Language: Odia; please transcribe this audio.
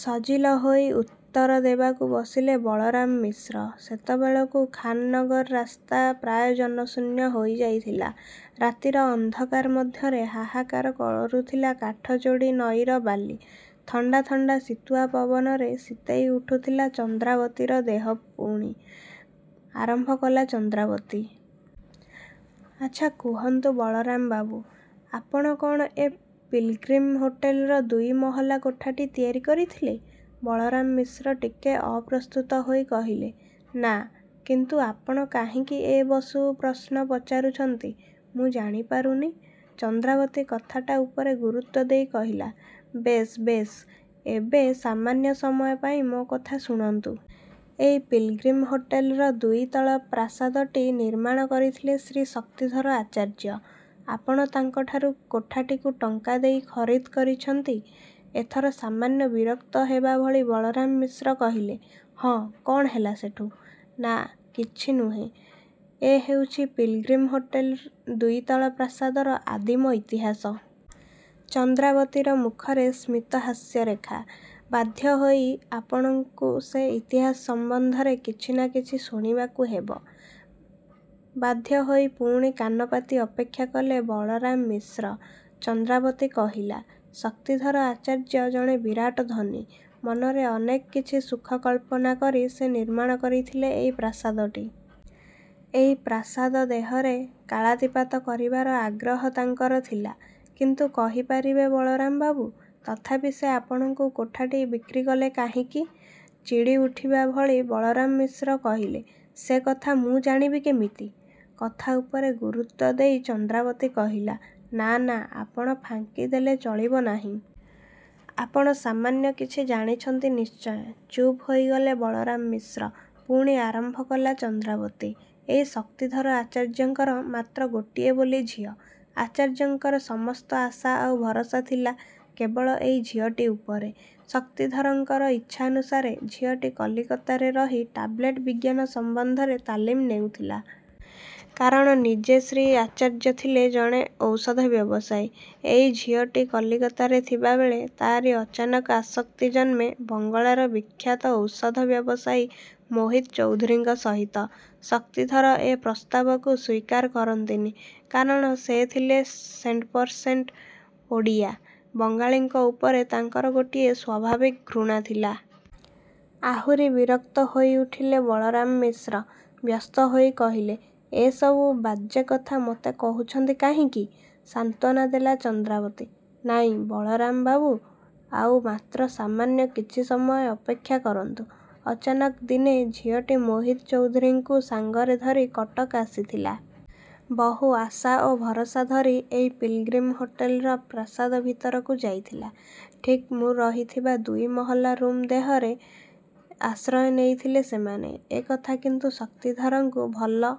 ସଜିଲ ହୋଇ ଉତ୍ତର ଦେବାକୁ ବସିଲେ ବଳରାମ ମିଶ୍ର ସେତେବେଳକୁ ଖାନ୍ନଗରର ରାସ୍ତା ପ୍ରାୟ ଜନଶୂନ୍ୟ ହୋଇ ଯାଇଥିଲା ରାତିର ଅନ୍ଧକାର ମଧ୍ୟରେ ହାହାକାର କରୁଥିଲା କାଠଯୋଡ଼ି ନଈର ବାଲି। ଥଣ୍ତା ଥଣ୍ତା ଶୀତୁଆ ପବନରେ ଶୀତେଇ ଉଠୁଥିଲା ଚନ୍ଦ୍ରାବତୀର ଦେହ ପୁଣି। ଆରମ୍ଭ କଲା ଚନ୍ଦ୍ରାବତୀ ''ଆଚ୍ଛା କହନ୍ତୁ ବଳରାମ ବାବୁ! ଆପଣ କ'ଣ ଏ ପିଲ୍ଗ୍ରିମ ହୋଟେଲର ଦୁଇ ମହଲା କୋଠାଟି ତିଆରି କରିଥିଲେ? '' ବଳରାମ ମିଶ୍ର ଟିକେ ଅପ୍ରସ୍ତୁତ ହୋଇ କହିଲେ-''ନାଁ କିନ୍ତୁ ଆପଣ କାହିଁକି ଏ ବସୁ ପ୍ରଶ୍ନ ପଚାରୁଛନ୍ତି ମୁଁ ଜାଣି ପାରୁନି। '' ଚନ୍ଦ୍ରାବତୀ କଥାଟା ଉପରେ ଗୁରୁତ୍ୱ ଦେଇ କହିଲା -''ବେଶ୍ ବେଶ୍ ଏବେ ସାମାନ୍ୟ ସମୟ ପାଇଁ ମୋ କଥା ଶୁଣନ୍ତୁ। ଏଇ ପିଲ୍ଗ୍ରିମ୍ ହୋଟେଲର ଦ୍ୱିତଳ ପ୍ରାସାଦଟି ନିର୍ମାଣ କରିଥିଲେ ଶ୍ରୀ ଶକ୍ତିଧର ଆଚାର୍ଯ୍ୟ। ଆପଣ ତାଙ୍କଠାରୁ କୋଠାଟିକୁ ଟଙ୍କା ଦେଇ ଖରିଦ୍କରିଛନ୍ତି। '' ଏଥର ସାମାନ୍ୟ ବିରକ୍ତ ହେବା ଭଳି ବଳରାମ ମିଶ୍ର କହିଲେ-''ହଁ କ'ଣ ହେଲା ସେଠୁ? '' ''ନାଁ କିଛି ନୁହେ। ଏ ହେଉଛି ପିଲ୍ଗ୍ରିମ ହୋଟେଲ ଦ୍ୱିତଳ ପ୍ରାସାଦର ଆଦିମ ଇତିହାସ। '' ଚନ୍ଦ୍ରାବତୀର ମୁଖରେ ସ୍ମିତ ହାସ୍ୟରେଖା। ବାଧ୍ୟ ହୋଇ ଆପଣଙ୍କୁ ସେ ଇତିହାସ ସମ୍ୱନ୍ଧରେ କିଛି ନାଁ କିଛି ଶୁଣିବାକୁ ହେବ। ବାଧ୍ୟ ହୋଇ ପୁଣି କାନପାତି ଅପେକ୍ଷା କଲେ ବଳରାମ ମିଶ୍ର ଚନ୍ଦ୍ରାବତୀ କହିଲା-''ଶକ୍ତିଧର ଆଚାର୍ଯ୍ୟ ଜଣେ ବିରାଟ ଧନୀ। ମନରେ ଅନେକ କିଛି ସୁଖ କଳ୍ପନା କରି ସେ ନିର୍ମାଣ କରିଥିଲେ ଏଇ ପ୍ରାସାଦଟି। ଏଇ ପ୍ରାସାଦ ଦେହରେ କାଳାତୀପାତ କରିବାର ଆଗ୍ରହ ତାଙ୍କର ଥିଲା-। କିନ୍ତୁ କହି ପାରିବେ ବଳରାମ ବାବୁ ତଥାପି ସେ ଆପଣଙ୍କୁ କୋଠାଟି ବିକ୍ରୀ କଲେ କାହିଁକି? '' ଚିଡ଼ି ଉଠିବା ଭଳି ବଳରାମ ମିଶ୍ର କହିଲେ-''ସେ କଥା ମୁଁ ଜାଣିବି କେମିତି? '' କଥା ଉପରେ ଗୁରୁତ୍ୱ ଦେଇ ଚନ୍ଦ୍ରାବତୀ କହିଲା-''ନାଁ ନାଁ ଆପଣ ଫାଙ୍କି ଦେଲେ ଚଳିବ ନାହିଁ। ଆପଣ ସାମାନ୍ୟ କିଛି ଜାଣିଛନ୍ତି ନିଶ୍ଚୟ '' ଚୁପ୍ ହେଇଗଲେ ବଳରାମ ମିଶ୍ର ପୁଣି ଆରମ୍ଭ କଲା ଚନ୍ଦ୍ରାବତୀ-''ଏଇ ଶକ୍ତିଧର ଆଚାର୍ଯ୍ୟଙ୍କର ମାତ୍ର ଗୋଟିଏ ବୋଲି ଝିଅ। ଆଚାର୍ଯ୍ୟଙ୍କର ସମସ୍ତ ଆଶା ଆଉ ଭରସା ଥିଲା କେବଳ ଏଇ ଝିଅଟି ଉପରେ। ଶକ୍ତିଧରଙ୍କର ଇଚ୍ଛାନୁସାରେ ଝିଅଟି କଲିକତାରେ ରହି ଟାବ୍ଲେଟ୍ ବିଜ୍ଞାନ ସମ୍ୱନ୍ଧରେ ତାଲିମ୍ ନେଉଥିଲା। କାରଣ-ନିଜେ ଶ୍ରୀ ଆଚାର୍ଯ୍ୟ ଥିଲେ ଜଣେ ଔଷଧ ବ୍ୟବସାୟୀ। ଏଇ ଝିଅଟି କଲିକତାରେ ଥିବାବେଳେ ତା'ରି ଅଚାନକ ଆସକ୍ତି ଜନ୍ମେ ବଙ୍ଗଳାର ବିଖ୍ୟାତ ଔଷଧ ବ୍ୟବସାୟୀ ମୋହିତ ଚୌଧୁରୀଙ୍କ ସହିତ। ଶକ୍ତିଧର ଏ ପ୍ରସ୍ତାବକୁ ସ୍ୱୀକାର କରନ୍ତିନି କାରଣ ସେ ଥିଲେ ସେଣ୍ଟପରସେଣ୍ଟ ଓଡ଼ିଆ। ବଙ୍ଗାଳୀଙ୍କ ଉପରେ ତାଙ୍କର ଗୋଟିଏ ସ୍ୱଭାବିକ ଘୃଣା ଥିଲା। '' ଆହୁରି ବିରକ୍ତ ହୋଇ ଉଠିଲେ ବଳରାମ ମିଶ୍ର ବ୍ୟସ୍ତ ହୋଇ କହିଲେ ''ଏ ସବୁ ବାଜେ କଥା ମୋତେ କହୁଛନ୍ତି କାହିଁକି? '' ସାନ୍ତ୍ୱନା ଦେଲା ଚନ୍ଦ୍ରାବତୀ ''ନାଇଁ ବଳରାମ ବାବୁ ଆଉ ମାତ୍ର ସାମାନ୍ୟ କିଛି ସମୟ ଅପେକ୍ଷା କରନ୍ତୁ। '' ଅଚାନକ ଦିନେ ଝିଅଟି ମୋହିତ ଚୌଧୁରୀଙ୍କୁ ସଙ୍ଗରେ ଧରି କଟକ ଆସିଥିଲା। ବହୁ ଆଶା ଓ ଭରସା ଧରି ଏଇ ପିଲ୍ଗ୍ରିମ ହୋଟେଲର ପ୍ରାସାଦ ଭିତରକୁ ଯାଇଥିଲା। ଠିକ୍ ମୁଁ ରହିଥିବା ଦୁଇମହଲା ରୁମ୍ ଦେହରେ ଆଶ୍ରୟ ନେଇଥିଲେ ସେମାନେ। ଏକଥା କିନ୍ତୁ ଶକ୍ତିଧରଙ୍କୁ ଭଲ